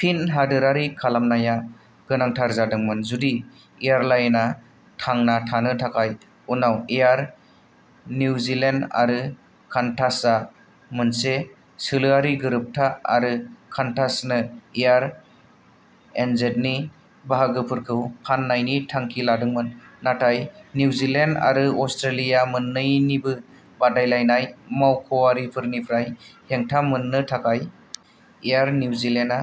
फिन हादोरारि खालामनाया गोनांथार जादोंमोन जुदि एयारलाइनआ थांना थानो थाखाय। उनाव एयार निउजिलेन्ड आरो कान्टासआ मोनसे सोलोआरि गोरोबथा आरो कान्टासनो एयार एनजेडनि बाहागोफोरखौ फान्नायनि थांखि लादोंमोन। नाथाय निउजिलेन्ड आरो अस्ट्रेलिया मोन्नैनिबो बादायलायनाय मावख'आरिफोरनिफ्राय हेंथा मोननो थाखाय। एयार निउजिलेन्डआ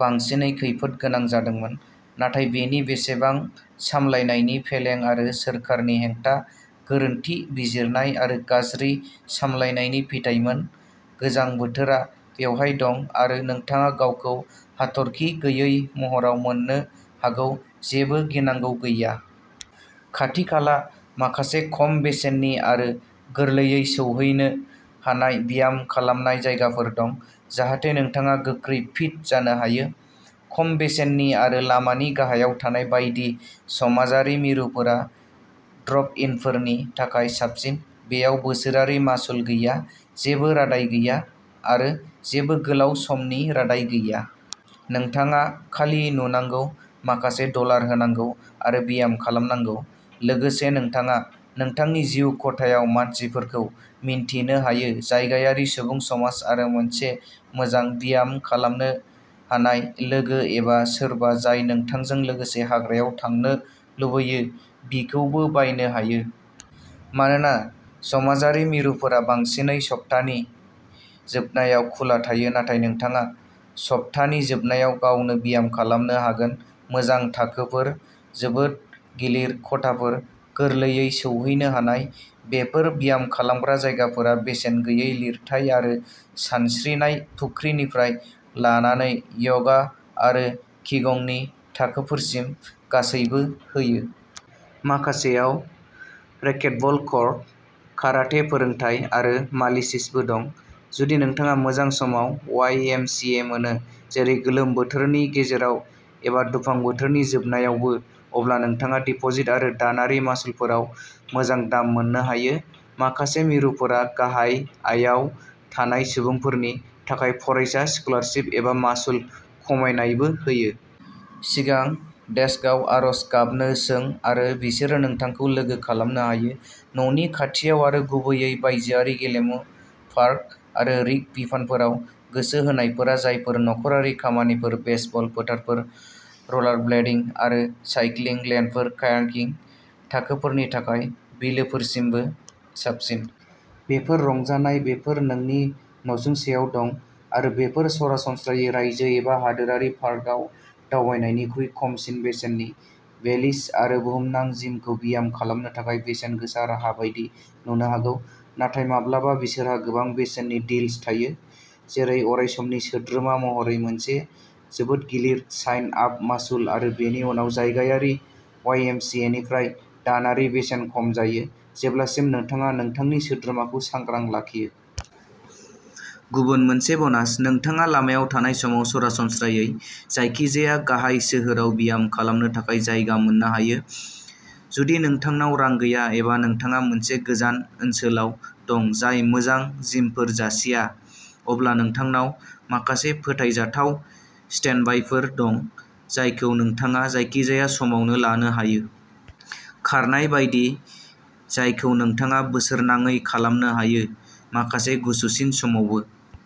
बांसिनै खैफोद गोनां जादोंमोन। नाथाय बेनि बेसेबां सामलायनायनि फेलें आरो सोरखारनि हेंथा, गोरोन्थि बिजिरनाय आरो गाज्रि सामलायनायनि फिथायमोन? गोजां बोथोरा बेवहाय दं आरो नोंथाङा गावखौ हाथरखि गैयै महराव मोननो हागौ। जेबो गिनांगौ गैया। खाथिखाला माखासे खम बेसेननि आरो गोरलैयै सौहैनो हानाय ब्याम खालामनाय जायगाफोर दं, जाहाथे नोंथाङा गोख्रै फिट जानो हायो। खम बेसेननि आरो लामानि गाहायाव थानाय बायदि, समाजारि मिरुफोरा ड्रप-इनफोरनि थाखाय साबसिन। बेयाव बोसोरारि मासुल गैया, जेबो रादाय गैया आरो जेबो गोलाव समनि रादाय गैया। नोंथाङा खालि नुनांगौ, माखासे डलार होनांगौ आरो ब्याम खालामनांगौ। लोगोसे नोंथाङा नोंथांनि जिउ खथायाव मानसिफोरखौ मिन्थिनो हायो। जायगायारि सुबुं समाज आरो मोनसे मोजां ब्याम खालामनो हानाय लोगो एबा सोरबा जाय नोंथांजों लोगोसे हाग्रायाव थांनो लुबैयो, बिखौबो बायनो हायो। मानोना समाजारि मिरुफोरा बांसिनै सप्तानि जोबनायाव खुला थायो, नाथाय नोंथाङा सप्तानि जोबनायाव गावनो ब्याम खालामनो हागोन। मोजां थाखोफोर। जोबोद गिलिर खथाफोर। गोरलैयै सौहैनो हानाय। बेफोर ब्याम खालामग्रा जायगाफोरा बेसेन गैयै लिरथाय आरो सानस्रिनाय फुख्रिनिफ्राय लानानै यगा आरो किगंनि थाखोफोरसिम गासैबो होयो। माखासेआव रेकेटबल कर्ट, काराटे फोरोंथाय आरो मालिसीसबो दं। जुदि नोंथाङा मोजां समाव वाइएमसिए मोनो। जेरै गोलोम बोथोरनि गेजेराव एबा दुफां बोथोरनि जोबनायावबो अब्ला नोंथाङा डिपोजिट आरो दानारि मासुलफोराव मोजां दाम मोननो हायो। माखासे मिरुफोरा गाहाय आयाव थानाय सुबुंफोरनि थाखाय फरायसा स्कलारसिप एबा मासुल खमायनायबो होयो। सिगां डेस्कआव आर'ज गाबनो सों आरो बिसोरो नोंथांखौ लोगो खालामनो हायो। न'नि खाथियाव आरो गुबैयै बायजोआरि गेलेमु, पार्क आरो रिक बिफानफोराव गोसो होनायफोरा जाबाय नखरारि खामानिफोर, बेसबल फोथारफोर, रलारब्लेडिं आरो साइक्लिं लेनफोर, कायाकिं थाखोफोरनि थाखाय बिलोफोरसिमबो साबसिन। बेफोर रंजानाय, बेफोर नोंनि नसुंसेआव दं आरो बेफोर सरासनस्रायै रायजो एबा हादोरारि पार्कआव दावबायनायनिख्रुइ खमसिन बेसेननि। बेलिस आरो बुहुमनां जिमखौ ब्याम खालामनो थाखाय बेसेन गोसा राहा बायदि नुनो हागौ, नाथाय माब्लाबा बिसोरहा गोबां बेसेननि डील्स थायो, जेरै अरायसमनि सोद्रोमा महरै मोनसे जोबोद गिलिर साइन-आप मासुल आरो बेनि उनाव जायगायारि वाइएमसिएनिफ्राय दानारि बेसेन खम जायो, जेब्लासिम नोंथाङा नोंथांनि सोद्रोमाखौ सांग्रां लाखियो। गुबुन मोनसे ब'नास। नोंथाङा लामायाव थानाय समाव सरासनस्रायै जायखिजाया गाहाय सोहोराव ब्याम खालामनो थाखाय जायगा मोन्नो हायो। जुदि नोंथांनाव रां गैया एबा नोंथाङा मोनसे गोजान ओनसोलाव दं जाय मोजां जिमफोर जासिया, अब्ला नोंथांनाव माखासे फोथायजाथाव स्टेन्डबायफोर दं जायखौ नोंथाङा जायखिजाया समावनो लानो हायो। खारनाय बायदि, जायखौ नोंथाङा बोसोरनाङै खालामनो हायो, माखासे गुसुसिन समावबो।